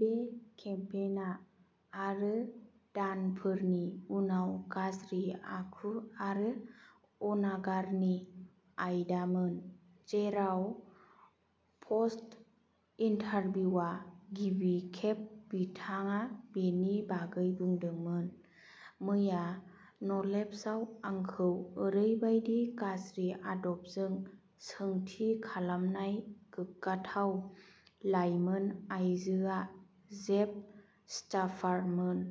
बे केम्पेइनआ, आरो दानफोरनि उनाव गाज्रि आखु आरो अनागारनि आयदामोन, जेराव प'स्ट इन्टारभिउआ गिबि खेब बिथाङा बेनि बागै बुंदोंमोन। मैया न'लेबल्सआव आंखौ ओरैबायदि गाज्रि आदबजों सोंथि खालामनाय गोग्गाथाव लाइमोन आइजोआ जेब स्टाफारमोन!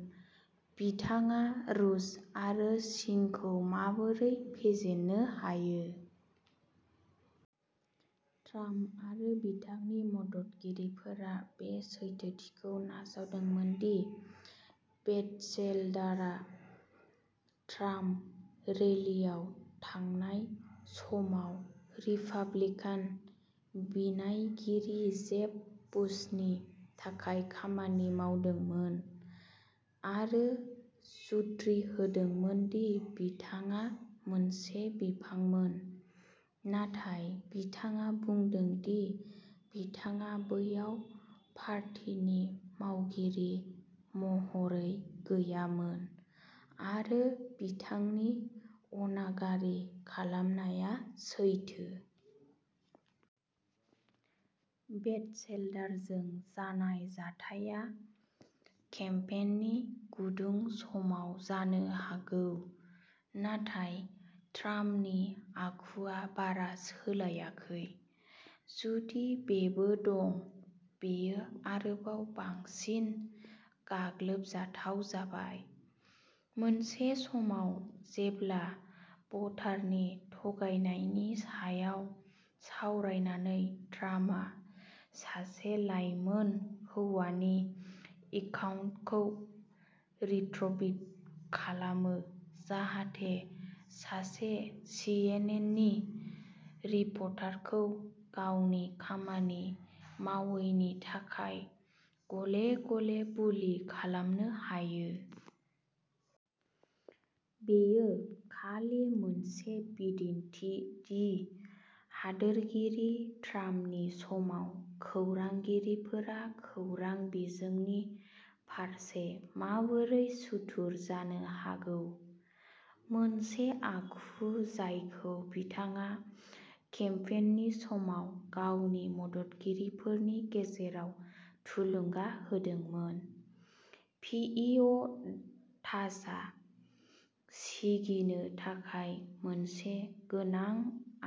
बिथाङा रुस आरो चीनखौ माबोरै फेजेननो हायो? ट्राम्प आरो बिथांनि मददगिरिफोरा बे सैथोथिखौ नाजावदोंमोन दि बेटचेल्डारआ ट्राम्प रैलीआव थांनाय समाव रिपाब्लिकान बिनायगिरि जेब बुशनि थाखाय खामानि मावदोंमोन, आरो जुक्ति होदोंमोन दि बिथाङा मोनसे बिफांमोन। नाथाय बिथाङा बुङो दि बिथाङा बैयाव पार्टीनि मावगिरि महरै गैयामोन, आरो बिथांनि अनागारि खालामनाया सैथो। बेटचेल्डारजों जानाय जाथायआ केम्पेइननि गुदुं समाव जानो हागौ, नाथाय ट्राम्पनि आखुआ बारा सोलायाखै। जुदि बेबो दं, बेयो आरोबाव बांसिन गाग्लोबजाथाव जाबाय। मोनसे समाव, जेब्ला भटारनि थगायनायनि सायाव सावरायनानै ट्राम्पआ सासे लाइमोन हौवानि एकाउन्टखौ रिट्वीट खालामो, जाहाथे सासे सिएनएननि रिपर्टारखौ गावनि खामानि मावैनि थाखाय गले गले बुलि खालामनो हायो। बेयो खालि मोनसे बिदिन्थि दि हादोरगिरि ट्राम्पनि समाव खौरांगिरिफोरा खौरां बिजोंनि फारसे माबोरै सुथुर जानो हागौ, मोनसे आखु जायखौ बिथाङा केम्पेइननि समाव गावनि मददगिरिफोरनि गेजेराव थुलुंगा होदोंमोन। पिइअ'टासआ सिगिनो थाखाय मोनसे गोनां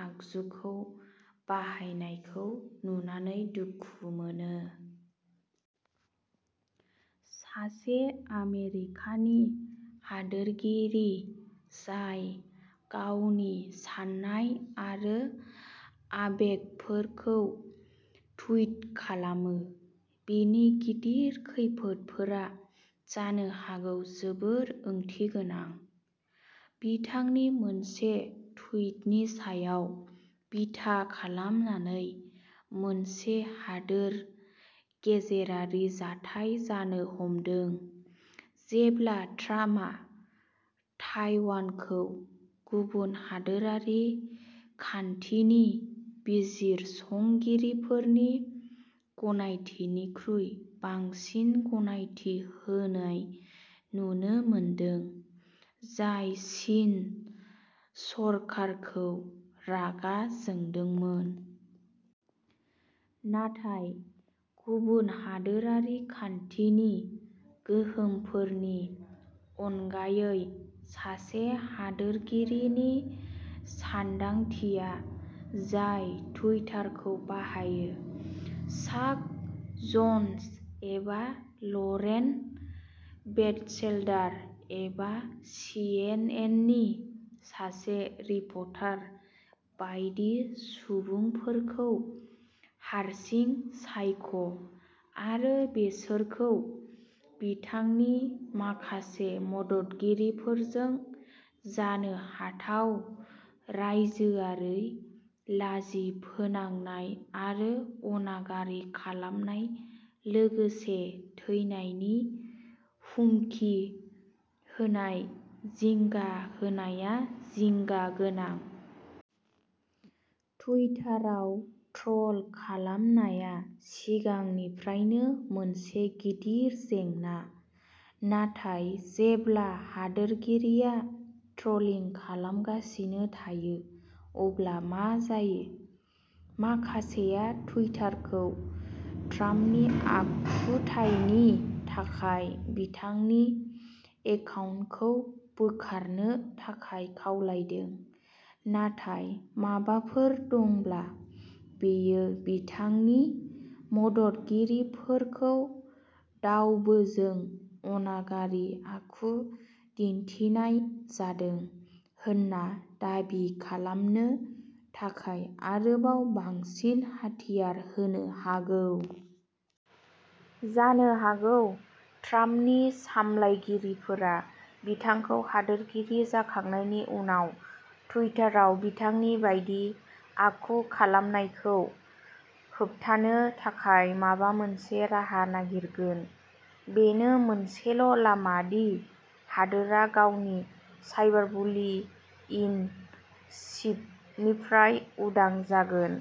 आगजुखौ बाहायनायखौ नुनानै दुखु मोनो। सासे आमेरिकानि हादोरगिरि जाय गावनि साननाय आरो आबेगफोरखौ टुइट खालामो, बिनि गिदिर खैफोदफोरा जानो हागौ जोबोद ओंथिगोनां। बिथांनि मोनसे टुइटनि सायाव बिथा खालामनानै मोनसे हादोर गेजेरारि जाथाय जानो हमदों, जेब्ला ट्राम्पआ ताइवानखौ गुबुन हादोरारि खान्थिनि बिजिरसंगिरिफोरनि गनायथिनिख्रुइ बांसिन गनायथि होनाय नुनो मोनदों, जाय चीन सरकारखौ रागा जोंदोंमोन। नाथाय गुबुन हादोरारि खान्थिनि गोहोमफोरनि अनगायै, सासे हादोरगिरिनि सानदांथिया जाय टुइटारखौ बाहायो। चाक जन्स एबा लरेन बेटचेल्डार एबा सिएनएननि सासे रिपर्टार बायदि सुबुंफोरखौ हारसिं सायख' आरो, बिसोरखौ बिथांनि माखासे मददगिरिफोरजों जानो हाथाव रायजोआरि लाजि फोनांनाय आरो अनागारि खालामनाय लोगोसे थैनायनि हुमखि होनाय जिंगा होनाया जिंगा गोनां। टुइटाराव ट्र'ल खालामनाया सिगांनिफ्रायनो मोनसे गिदिर जेंना, नाथाय जेब्ला हादोरगिरिया ट्र'लिं खालामगासिनो थायो अब्ला मा जायो? माखासेया टुइटारखौ ट्राम्पनि आखुथायनि थाखाय बिथांनि एकाउन्टखौ बोखारनो थाखाय खावलायदों, नाथाय माबाफोर दंब्ला, बेयो बिथांनि मददगिरिफोरखौ दावबोजों अनागारि आखु दिन्थिनाय जादों होनना दाबि खालामनो थाखाय आरोबाव बांसिन हाथियार होनो हागौ। जानो हागौ ट्राम्पनि सामलायगिरिफोरा बिथांखौ हादोरगिरि जाखांनायनि उनाव टुइटाराव बिथांनि बायदि आखु खालामनायखौ होबथानो थाखाय माबा मोनसे राहा नागिरगोन। बेनो मोनसेल' लामा दि हादोरआ गावनि साइबारबुलि इन चीफनिफ्राय उदां जागोन।